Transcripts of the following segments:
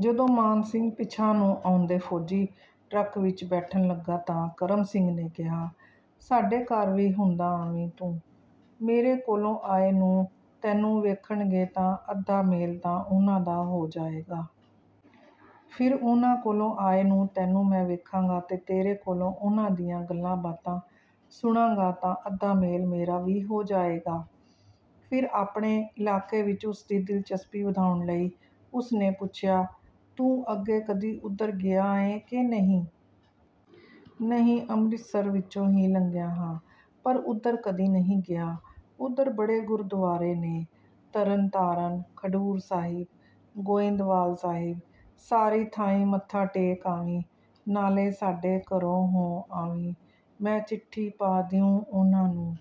ਜਦੋਂ ਮਾਨ ਸਿੰਘ ਪਿਛਾਂਹ ਨੂੰ ਆਉਂਦੇ ਫ਼ੌਜੀ ਟਰੱਕ ਵਿਚ ਬੈਠਣ ਲੱਗਾ ਤਾਂ ਕਰਮ ਸਿੰਘ ਨੇ ਕਿਹਾ, ''ਸਾਡੇ ਘਰ ਵੀ ਹੁੰਦਾ ਆਵੀਂ ਤੂੰ। ਮੇਰੇ ਕੋਲੋਂ ਆਏ ਨੂੰ ਤੈਨੂੰ ਵੇਖਣਗੇ ਤਾਂ ਅੱਧਾ ਮੇਲ ਤਾਂ ਉਹਨਾਂ ਦਾ ਹੋ ਜਾਏਗਾ। ਫਿਰ ਉਹਨਾਂ ਕੋਲੋਂ ਆਏ ਨੂੰ ਤੈਨੂੰ ਮੈਂ ਵੇਖਾਂਗਾ ਤੇ ਤੇਰੇ ਕੋਲੋਂ ਉਹਨਾਂ ਦੀਆਂ ਗੱਲਾਂ-ਬਾਤਾਂ ਸੁਣਾਂਗਾ ਤਾਂ ਅੱਧਾ ਮੇਲ ਮੇਰਾ ਵੀ ਹੋ ਜਾਏਗਾ।'' ਫਿਰ ਆਪਣੇ ਇਲਾਕੇ ਵਿਚ ਉਸ ਦੀ ਦਿਲਚਸਪੀ ਵਧਾਉਣ ਲਈ ਉਸ ਨੇ ਪੁੱਛਿਆ, ''ਤੂੰ ਅੱਗੇ ਕਦੀ ਉਧਰ ਗਿਆ ਏ ਕਿ ਨਹੀਂ?'' ''ਨਹੀਂ, ਅੰਮ੍ਰਿਤਸਰ ਵਿਚੋਂ ਹੀ ਲੰਘਿਆ ਹਾਂ, ਪਰ ਉੱਧਰ ਕਦੀ ਨਹੀਂ ਗਿਆ।'' ''ਉੱਧਰ ਬੜੇ ਗੁਰਦੁਆਰੇ ਨੇ – ਤਰਨ ਤਾਰਨ, ਖਡੂਰ ਸਾਹਿਬ, ਗੋਇੰਦਵਾਲ ਸਾਹਿਬ। ਸਾਰੀ ਥਾਈਂ ਮੱਥਾ ਟੇਕ ਆਵੀਂ, ਨਾਲੇ ਸਾਡੇ ਘਰੋਂ ਹੋ ਆਵੀਂ। ਮੈਂ ਚਿੱਠੀ ਪਾ ਦਿਊਂ ਉਹਨਾਂ ਨੂੰ।''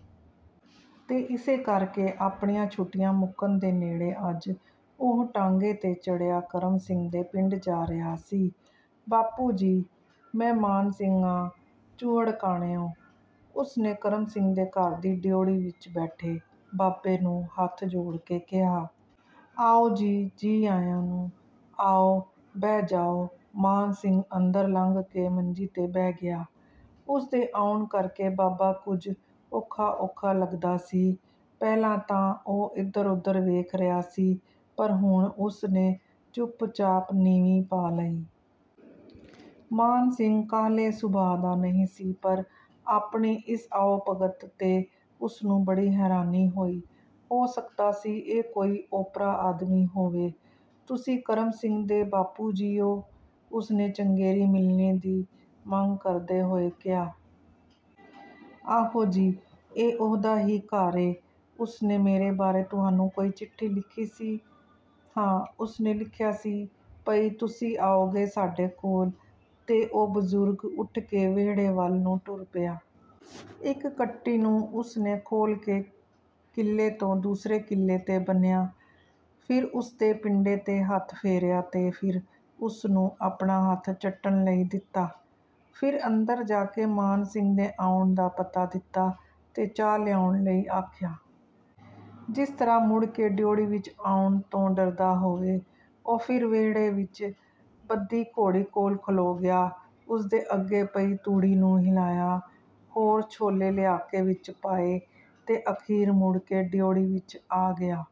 ਤੇ ਇਸੇ ਕਰ ਕੇ ਆਪਣੀਆਂ ਛੁੱਟੀਆਂ ਮੁੱਕਣ ਦੇ ਨੇੜੇ ਅੱਜ ਉਹ ਟਾਂਗੇ 'ਤੇ ਚੜ੍ਹਿਆ ਕਰਮ ਸਿੰਘ ਦੇ ਪਿੰਡ ਜਾ ਰਿਹਾ ਸੀ। ''ਬਾਪੂ ਜੀ, ਮੈਂ ਮਾਨ ਸਿੰਘ ਆਂ ਚੂਹੜਕਾਣਿਓ।'' ਉਸ ਨੇ ਕਰਮ ਸਿੰਘ ਦੇ ਘਰ ਦੀ ਡਿਓੜੀ ਵਿਚ ਬੈਠੇ ਬਾਬੇ ਨੂੰ ਹੱਥ ਜੋੜ ਕੇ ਕਿਹਾ। ''ਆਓ ਜੀ, ਜੀ ਆਇਆਂ ਨੂੰ। ਆਓ, ਬਹਿ ਜਾਓ।'' ਮਾਨ ਸਿੰਘ ਅੰਦਰ ਲੰਘ ਕੇ ਮੰਜੀ 'ਤੇ ਬਹਿ ਗਿਆ। ਉਸ ਦੇ ਆਉਣ ਕਰ ਕੇ ਬਾਬਾ ਕੁਝ ਔਖਾ-ਔਖਾ ਲੱਗਦਾ ਸੀ। ਪਹਿਲਾਂ ਤਾਂ ਉਹ ਇੱਧਰ-ਉੱਧਰ ਵੇਖ ਰਿਹਾ ਸੀ, ਪਰ ਹੁਣ ਉਸ ਨੇ ਚੁੱਪ-ਚਾਪ ਨੀਵੀਂ ਪਾ ਲਈ। ਮਾਨ ਸਿੰਘ ਕਾਹਲੇ ਸੁਭਾਅ ਦਾ ਨਹੀਂ ਸੀ ਪਰ ਆਪਣੀ ਇਸ ਆਓ-ਭਗਤ 'ਤੇ ਉਸ ਨੂੰ ਬੜੀ ਹੈਰਾਨੀ ਹੋਈ। ਹੋ ਸਕਦਾ ਸੀ ਇਹ ਕੋਈ ਓਪਰਾ ਆਦਮੀ ਹੋਵੇ। ''ਤੁਸੀਂ ਕਰਮ ਸਿੰਘ ਦੇ ਬਾਪੂ ਜੀ ਓ?'' ਉਸ ਨੇ ਚੰਗੇਰੀ ਮਿਲਣੀ ਦੀ ਮੰਗ ਕਰਦੇ ਹੋਏ ਕਿਹਾ। ''ਆਹੋ ਜੀ, ਇਹ ਉਹਦਾ ਹੀ ਘਰ ਏ।'' ''ਉਸ ਨੇ ਮੇਰੇ ਬਾਰੇ ਤੁਹਾਨੂੰ ਕੋਈ ਚਿੱਠੀ ਲਿਖੀ ਸੀ?'' ''ਹਾਂ, ਉਸ ਨੇ ਲਿਖਿਆ ਸੀ ਪਈ ਤੁਸੀਂ ਆਉਗੇ ਸਾਡੇ ਕੋਲ।'' ਤੇ ਓਹ ਬਜ਼ੁਰਗ ਉੱਠ ਕੇ ਵਿਹੜੇ ਵੱਲ ਨੂੰ ਟੁਰ ਪਿਆ। ਇਕ ਕੱਟੀ ਨੂੰ ਉਸ ਨੇ ਖੋਲ੍ਹ ਕੇ ਕਿੱਲੇ ਤੋਂ ਦੂਸਰੇ ਕਿੱਲੇ 'ਤੇ ਬੰਨ੍ਹਿਆ, ਫਿਰ ਉਸ ਦੇ ਪਿੰਡੇ 'ਤੇ ਹੱਥ ਫੇਰਿਆ ਤੇ ਫਿਰ ਉਸ ਨੂੰ ਆਪਣਾ ਹੱਥ ਚੱਟਣ ਲਈ ਦਿੱਤਾ। ਫਿਰ ਅੰਦਰ ਜਾ ਕੇ ਮਾਨ ਸਿੰਘ ਦੇ ਆਉਣ ਦਾ ਪਤਾ ਦਿੱਤਾ ਤੇ ਚਾਹ ਲਿਆਉਣ ਲਈ ਆਖਿਆ। ਜਿਸ ਤਰ੍ਹਾਂ ਮੁੜ ਕੇ ਡਿਓੜੀ ਵਿਚ ਆਉਣ ਤੋਂ ਡਰਦਾ ਹੋਵੇ, ਉਹ ਫਿਰ ਵਿਹੜੇ ਵਿਚ ਬੱਧੀ ਘੋੜੀ ਕੋਲ ਖਲੋ ਗਿਆ। ਉਸ ਦੇ ਅੱਗੇ ਪਈ ਤੂੜੀ ਨੂੰ ਹਿਲਾਇਆ, ਹੋਰ ਛੋਲੇ ਲਿਆ ਕੇ ਵਿਚ ਪਾਏ ਤੇ ਅਖ਼ੀਰ ਮੁੜ ਕੇ ਡਿਓੜੀ ਵਿਚ ਆ ਗਿਆ।